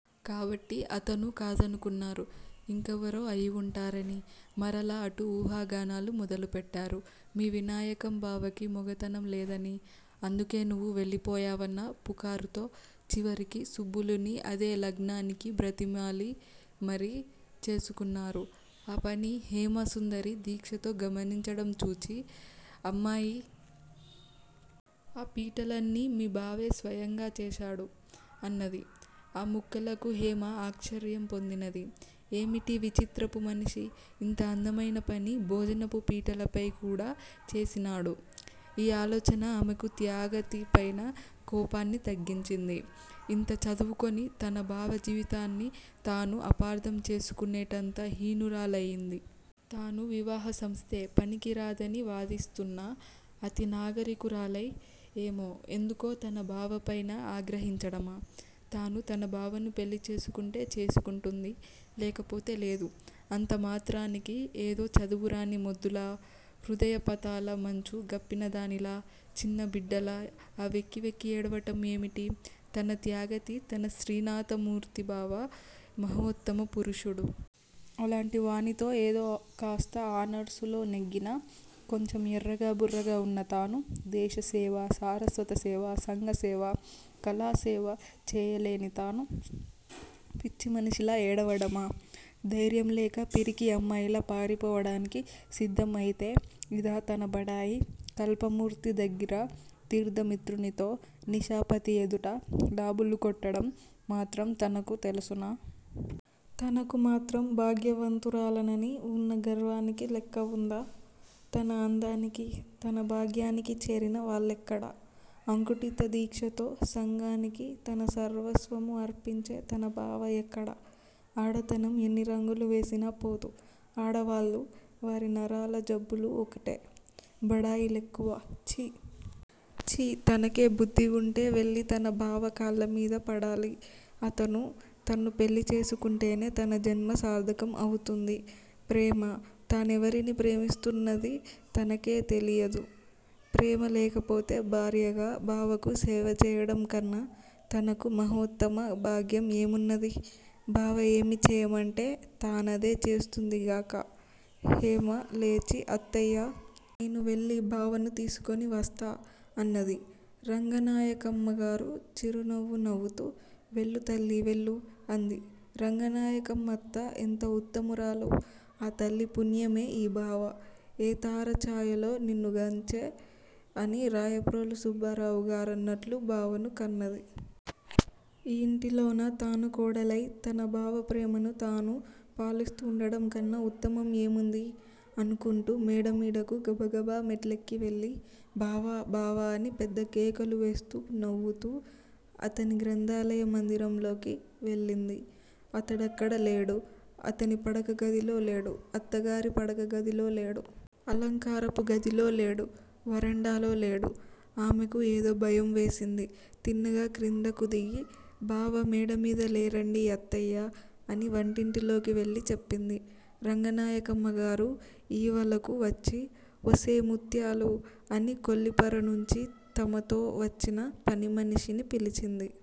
కాబట్టి అతనూ కాదనుకున్నారు ఇంకెవరో అయివుంటారని మరలా అటు ఊహాగానాలు మొదలుపెట్టారు. మీ వినాయకం బావకి మొగతనం లేదని, అందుకే నువ్వు వెళ్ళిపోయావన్న పుకారుతో చివరికి సుబ్బులుని అదే లగ్నానికి బ్రతిమాలి మరీ చేసుకున్నారు. ఆ పని హేమసుందరి దీక్షతో గమనించడం చూచి, '' అమ్మాయీ! ఆ పీటలన్నీ మీ బావే స్వయంగా చేశాడు'' అన్నది. ఆ ముక్కలకు హేమ ఆశ్చర్యం పొందినది. ఏమిటీ విచిత్రపు మనిషి, ఇంత అందమైనపని భోజనపు పీటలపై కూడా చేసినాడు! ఈ ఆలోచన ఆమెకు త్యాగతిపైన కోపాన్ని తగ్గించింది. ఇంత చదువుకొని, తన బావ జీవితాన్ని తాను అపార్థం చేసుకునేటంత హీనురాలయింది. తాను వివాహసంస్థే పనికిరాదని వాదిస్తూన్న అతి నాగరికురాలై, ఏమో ఎందుకో తన బావపైన ఆగ్రహించడమా? తాను తన బావను పెళ్ళిచేసుకుంటే చేసుకుంటుంది, లేకపోతే లేదు. అంతమాత్రానికి ఏదో చదువురాని మొద్దులా, హృదయపథాల మంచు గప్పినదానిలా, చిన్న బిడ్డలా ఆ వెక్కి వెక్కి ఏడవడం ఏమిటి? తన త్యాగతి, తన శ్రీనాథమూర్తి బావ మహోత్తమ పురుషుడు. అలాంటివానితో ఏదో కాస్త ఆనర్సులో నెగ్గిన కొంచెం ఎర్రగా బుర్రగా ఉన్న తాను, దేశసేవ, సారస్వతసేవ, సంఘసేవ, కళాసేవ చేయలేని తాను, పిచ్చిమనిషిలా ఏడవడమా? ధైర్యంలేక, పిరికి అమ్మాయిలా పారిపోవడానికి సిద్దం అయితే! ఇదా తనబడాయి? కల్పమూర్తి దగ్గిర, తీర్థమిత్రునితో, నిశాపతి ఎదుట డాబులు కొట్టడం మాత్రం తనకు తెలుసునా? తనకు మాత్రం భాగ్యవంతురాలనని ఉన్న గర్వానికి లెక్కవుందా? తన అందానికీ, తన భాగ్యానికీ చేరిన వాళ్ళెక్కడ! అంకుఠితదీక్షతో సంఘానికి తన సర్వస్వము అర్పించే తన బావ ఎక్కడ! ఆడతనం ఎన్ని రంగులు వేసినా పోదు! ఆడవాళ్ళూ, వారి నరాల జబ్బులూ ఒకటే! బడాయి లెక్కువ! ఛీ! ఛీ! తనకే బుద్దివుంటే, వెళ్ళి తన బావ కాళ్ళమీదపడాలి. అతను తన్ను పెళ్ళిచేసుకుంటేనే తన జన్మసార్ధకం అవుతుంది. ప్రేమా? తానెవరిని ప్రేమిస్తున్నదీ తనకే తెలియదు. ప్రేమ లేకపోతే భార్యగా బావకు సేవచేయడంకన్న తనకు మహోత్తమ భాగ్యం ఏమున్నది? బావ ఏమి చేయమంటే తానదే చేస్తుందిగాక! హేమ లేచి '' అత్తయ్యా! నేను వెళ్ళి బావను తీసుకొని వస్తా '' అన్నది. రంగనాయకమ్మగారు చిరునవ్వు నవ్వుతూ '' వెళ్ళు తల్లీ వెళ్ళు '' అంది. రంగనాయకమ్మత్త ఎంత ఉత్తమురాలు. ఆ తల్లి పుణ్యమే ఈ బావ! '' ఏ తార చాయలో నినుగాంచె'' అని రాయప్రోలు సుబ్బారావుగారన్నట్లు బావను కన్నది. ఈ ఇంటిలో తాను కోడలై తన బావ ప్రేమను తాను పాలిస్తూ వుండడంకన్న ఉత్తమం ఏముంది? అనుకుంటూ మేడమీడకు గబగబ మెట్లెక్కి వెళ్ళి '' బావా! బావా! '' అని పెద్దకేకలువేస్తూ, నవ్వుతూ అతని గ్రంథాలయ మందిరంలోకి వెళ్ళింది. అతడక్కడలేడు. అతని పడక గదిలో లేడు, అత్తగారి పడకగదిలో లేడు. అలంకారపు గదిలో లేడు. వరండాలో లేడు. ఆమెకు ఏదో భయం వేసింది తిన్నగా క్రిందకు దిగి, '' బావ మేడమీద లేరండీ అత్తయ్యా? '' అని వంటింటిలోకి వెళ్ళి చెప్పింది. రంగనాయకమ్మగారు ఈవలకు వచ్చి ''ఒసే ముత్యాలూ! '' అని కొల్లిపరనుంచి తమతో వచ్చిన పనిమనిషిని పిలిచింది.